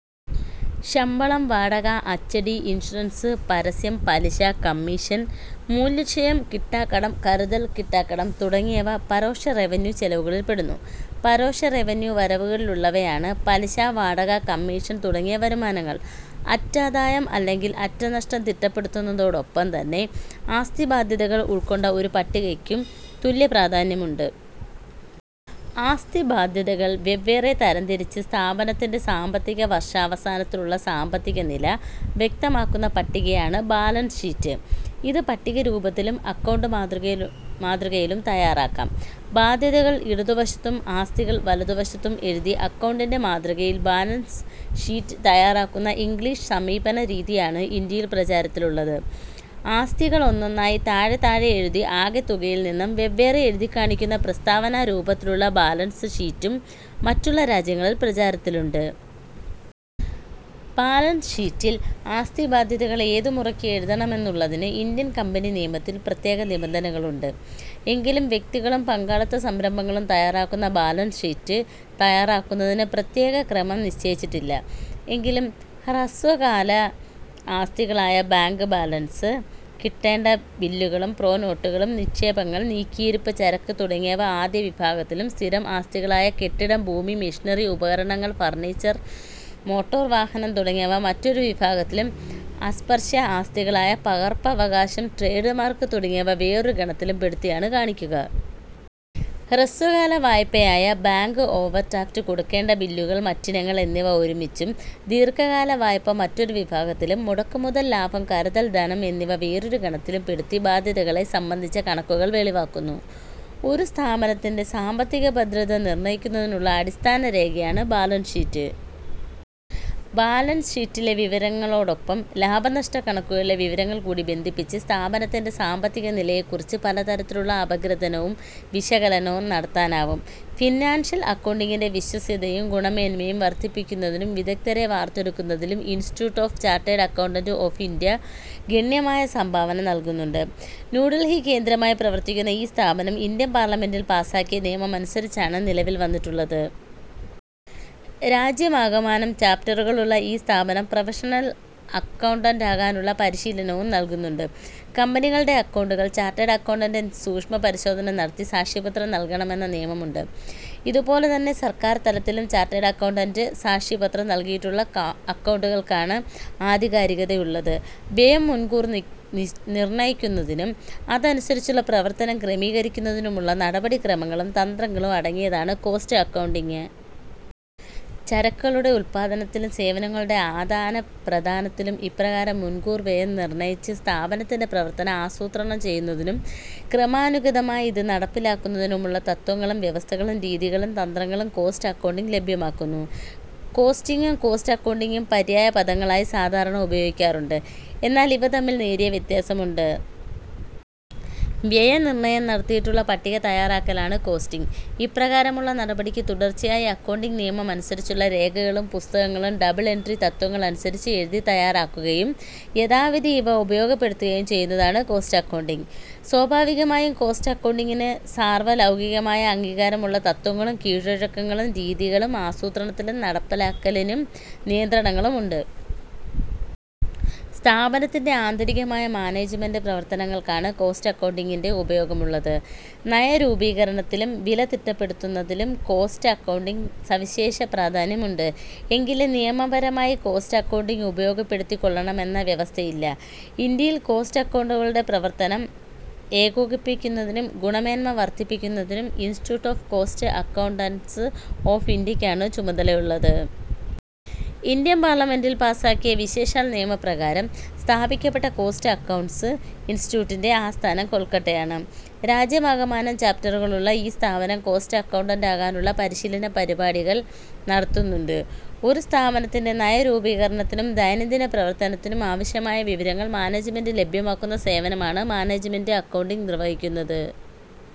ശമ്പളം, വാടക, അച്ചടി, ഇൻഷുറൻസ്, പരസ്യം, പലിശ, കമ്മീഷൻ, മൂല്യക്ഷയം, കിട്ടാക്കടം, കരുതൽ കിട്ടാക്കടം തുടങ്ങിയവ പരോക്ഷ റവന്യൂ ചെലവുകളിൽപ്പെടുന്നു. പരോക്ഷ റവന്യൂ വരവുകളിലുള്ളവയാണ് പലിശ, വാടക, കമ്മീഷൻ തുടങ്ങിയ വരുമാനങ്ങൾ. അറ്റാദായം അല്ലെങ്കിൽ അറ്റനഷ്ടം തിട്ടപ്പെടുത്തുന്നതോടൊപ്പം തന്നെ ആസ്തിബാദ്ധ്യതകൾ ഉൾക്കൊണ്ട ഒരു പട്ടികയ്ക്കും തുല്യ പ്രാധാന്യമുണ്ട്. ആസ്തിബാദ്ധ്യതകൾ വെവ്വേറെ തരംതിരിച്ച് സ്ഥാപനത്തിൻ്റെ സാമ്പത്തിക വർഷാവസാനത്തിലുള്ള സാമ്പത്തികനില വ്യക്തമാക്കുന്ന പട്ടികയാണ് ബാലൻസ് ഷീറ്റ്. ഇത് പട്ടികരൂപത്തിലും അക്കൗണ്ട് മാതൃകയിലും തയ്യാറാക്കാം. ബാദ്ധ്യതകൾ ഇടതുവശത്തും ആസ്തികൾ വലതുവശത്തും എഴുതി അക്കൗണ്ടിൻ്റെ മാതൃകയിൽ ബാലൻസ് ഷീറ്റ് തയ്യാറാക്കുന്ന ഇംഗ്ലീഷ് സമീപനരീതിയാണ് ഇന്ത്യയിൽ പ്രചാരത്തിലുള്ളത്. ആസ്തികൾ ഒന്നൊന്നായി താഴെ താഴെ എഴുതി ആകെ തുകയിൽനിന്നും വെവ്വേറെ എഴുതിക്കാണിക്കുന്ന പ്രസ്താവനാരൂപത്തിലുള്ള ബാലൻസ് ഷീറ്റും മറ്റുള്ള രാജ്യങ്ങളിൽ പ്രചാരത്തിലുണ്ട്. ബാലൻസ് ഷീറ്റിൽ ആസ്തിബാദ്ധ്യതകൾ ഏത് മുറയ്ക്ക് എഴുതണമെന്നുള്ളതിന് ഇന്ത്യൻ കമ്പനി നിയമത്തിൽ പ്രത്യേക നിബന്ധനകളുണ്ട്. എങ്കിലും വ്യക്തികളും പങ്കാളിത്ത സംരംഭങ്ങളും തയ്യാറാക്കുന്ന ബാലൻസ് ഷീറ്റ് തയ്യാറാക്കുന്നതിന് പ്രത്യേക ക്രമം നിശ്ചയിച്ചിട്ടില്ല. എങ്കിലും, ഹ്രസ്വകാല ആസ്തികളായ ബാങ്ക് ബാലൻസ്, കിട്ടേണ്ട ബില്ലുകളും പ്രോനോട്ടുകളും, നിക്ഷേപങ്ങൾ, നീക്കിയിരിപ്പ് ചരക്ക് തുടങ്ങിയവ ആദ്യവിഭാഗത്തിലും സ്ഥിരം ആസ്തികളായ കെട്ടിടം, ഭൂമി, മെഷീനറി, ഉപകരണങ്ങൾ, ഫർണിച്ചർ, മോട്ടോർ വാഹനം തുടങ്ങിയവ മറ്റൊരു വിഭാഗത്തിലും അസ്പർശ്യ ആസ്തികളായ പകർപ്പവകാശം, ട്രേഡ് മാർക്ക് തുടങ്ങിയവ വേറൊരു ഗണത്തിലുംപെടുത്തിയാണ് കാണിക്കുക. ഹ്രസ്വകാല വായ്പയായ ബാങ്ക് ഓവർ ഡ്രാഫ്റ്റ്, കൊടുക്കേണ്ട ബില്ലുകൾ, മറ്റിനങ്ങൾ എന്നിവ ഒരുമിച്ചും ദീർഘകാല വായ്പ മറ്റൊരു വിഭാഗത്തിലും മുടക്കുമുതൽ, ലാഭം, കരുതൽ ധനം എന്നിവ വേറൊരു ഗണത്തിലുംപെടുത്തി ബാദ്ധ്യതകളെ സംബന്ധിച്ച കണക്കുകൾ വെളിവാക്കുന്നു. ഒരു സ്ഥാപനത്തിൻ്റെ സാമ്പത്തിക ഭദ്രത നിർണയിക്കുന്നതിനുള്ള അടിസ്ഥാനരേഖയാണ് ബാലൻസ് ഷീറ്റ്. ബാലൻസ് ഷീറ്റിലെ വിവരണങ്ങളോടൊപ്പം, ലാഭനഷ്ടക്കണക്കുകളിലെ വിവരങ്ങൾ കൂടി ബന്ധിപ്പിച്ച് സ്ഥാപനത്തിൻ്റെ സാമ്പത്തിക നിലയെക്കുറിച്ച് പലതരത്തിലുള്ള അപഗ്രഥനവും വിശകലനവും നടത്താനാവും. ഫിനാൻഷ്യൽ അക്കൗണ്ടിങ്ങിൻ്റെ വിശ്വാസ്യതയും ഗുണമേന്മയും വർദ്ധിപ്പിക്കുന്നതിനും വിദഗ്ദ്ധരെ വാർത്തെടുക്കുന്നതിലും Institute of Chartered Accountants of India ഗണ്യമായ സംഭാവന നൽകുന്നുണ്ട്. ന്യൂഡൽഹി കേന്ദ്രമായി പ്രവർത്തിക്കുന്ന ഈ സ്ഥാപനം ഇന്ത്യൻ പാർലമെൻ്റിൽ പാസ്സാക്കിയ നിയമമനുസരിച്ചാണ് നിലവിൽ വന്നിട്ടുള്ളത്. രാജ്യമാകമാനം ചാപ്റ്ററുകളുള്ള ഈ സ്ഥാപനം പ്രൊഫഷണൽ അക്കൗണ്ടന്റാകാനുള്ള പരിശീലനവും നൽകുന്നുണ്ട്. കമ്പനികളുടെ അക്കൗണ്ടുകൾ ചാർട്ടേഡ് അക്കൗണ്ടൻ്റെ സൂക്ഷ്മപരിശോധന നടത്തി സാക്ഷിപത്രം നൽകണമെന്ന നിയമമുണ്ട്. ഇതുപോലെ തന്നെ സർക്കാർതലത്തിലും ചാർട്ടേഡ് അക്കൗണ്ടൻ്റെ സാക്ഷിപത്രം നൽകിയിട്ടുള്ള അക്കൗണ്ടുകൾക്കാണ് ആധികാരികതയുള്ളത്. വ്യയം മുൻകൂർ നിർണയിക്കുന്നതിനും അതനുസരിച്ചുള്ള പ്രവർത്തനം ക്രമീകരിക്കുന്നതിനുമുള്ള നടപടിക്രമങ്ങളും തന്ത്രങ്ങളും അടങ്ങിയതാണ് കോസ്റ്റ് അക്കൗണ്ടിങ്. ചരക്കുകളുടെ ഉത്പാദനത്തിലും, സേവനങ്ങളുടെ ആദാനപ്രധാനത്തിലും ഇപ്രകാരം മുൻകൂർ വ്യയം നിർണയിച്ച് സ്ഥാപനത്തിൻ്റെ പ്രവർത്തനം ആസൂത്രണം ചെയ്യുന്നതിനും ക്രമാനുഗതമായി ഇത് നടപ്പിലാക്കുന്നതിനുമുള്ള തത്ത്വങ്ങളും വ്യവസ്ഥകളും രീതികളും തന്ത്രങ്ങളും കോസ്റ്റ് അക്കൗണ്ടിങ് ലഭ്യമാക്കുന്നു. കോസ്റ്റിങ്ങും കോസ്റ്റ് അക്കൗണ്ടിങ്ങും പര്യായപദങ്ങളായി സാധാരണ ഉപയോഗിക്കാറുണ്ട്. എന്നാൽ ഇവ തമ്മിൽ നേരിയ വ്യത്യാസമുണ്ട്. വ്യയനിർണയം നടത്തിയിട്ടുള്ള പട്ടിക തയ്യാറാക്കലാണ് കോസ്റ്റിങ്. ഇപ്രകാരമുള്ള നടപടിക്ക് തുടർച്ചയായി അക്കൗണ്ടിങ് നിയമമനുസരിച്ചുള്ള രേഖകളും പുസ്തകങ്ങളും ഡബിൾ എൻട്രി തത്ത്വങ്ങൾ അനുസരിച്ച് എഴുതി തയ്യാറാക്കുകയും യഥാവിധി ഇവ ഉപയോഗപ്പെടുത്തുകയും ചെയ്യുന്നതാണ് കോസ്റ്റ് അക്കൗണ്ടിങ്. സ്വാഭാവികമായും കോസ്റ്റ് അക്കൗണ്ടിങ്ങിന് സാർവലൗകികമായ അംഗീകാരമുള്ള തത്ത്വങ്ങളും കീഴ്വഴക്കങ്ങളും, രീതികളും ആസൂത്രണത്തിലും നടപ്പിലാക്കലിലും നിയന്ത്രണങ്ങളുമുണ്ട്. സ്ഥാപനത്തിന്റെ ആന്തരികമായ മാനേജ്മെൻ്റ് പ്രവർത്തനങ്ങൾക്കാണ് കോസ്റ്റ് അക്കൗണ്ടിങ്ങിൻ്റെ ഉപയോഗമുള്ളത്. നയരൂപീകരണത്തിലും വിലതിട്ടപ്പെടുത്തുന്നതിലും കോസ്റ്റ് അക്കൗണ്ടിങ്ങ് സവിശേഷ പ്രാധാന്യമുണ്ട്. എങ്കിലും, നിയമപരമായി കോസ്റ്റ് അക്കൗണ്ടിങ് ഉപയോഗപ്പെടുത്തിക്കൊള്ളണമെന്ന വ്യവസ്ഥയില്ല. ഇന്ത്യയിൽ കോസ്റ്റ് അക്കൗണ്ടന്റുകളുടെ പ്രവർത്തനം ഏകോപിപ്പിക്കുന്നതിനും ഗുണമേന്മ വർദ്ധിപ്പിക്കുന്നതിനും institute of cost accountants of ഇന്ത്യയ്ക്കാണ് ചുമതലയുള്ളത്. ഇന്ത്യൻ പാർലമെൻ്റിൽ പാസ്സാക്കിയ വിശേഷാൽ നിയമപ്രകാരം സ്ഥാപിക്കപ്പെട്ട കോസ്റ്റ് അക്കൗണ്ടന്റ്സ് ഇൻസ്റ്റിറ്റ്യൂട്ടിൻ്റെ ആസ്ഥാനം കൊൽക്കത്തയാണ്. രാജ്യമാകമാനം ചാപ്റ്ററുകളുള്ള ഈ സ്ഥാപനം കോസ്റ്റ് അക്കൗണ്ടന്റാകാനുള്ള പരിശീലന പരിപാടികൾ നടത്തുന്നുണ്ട്. ഒരു സ്ഥാപനത്തിൻ്റെ നയരൂപീകരണത്തിനും ദൈനംദിന പ്രവർത്തനത്തിനും ആവശ്യമായ വിവരങ്ങൾ മാനേജ്മെൻ്റിന് ലഭ്യമാക്കുന്ന സേവനമാണ് മാനേജ്മെൻ്റെ അക്കൗണ്ടിങ് നിർവഹിക്കുന്നത്.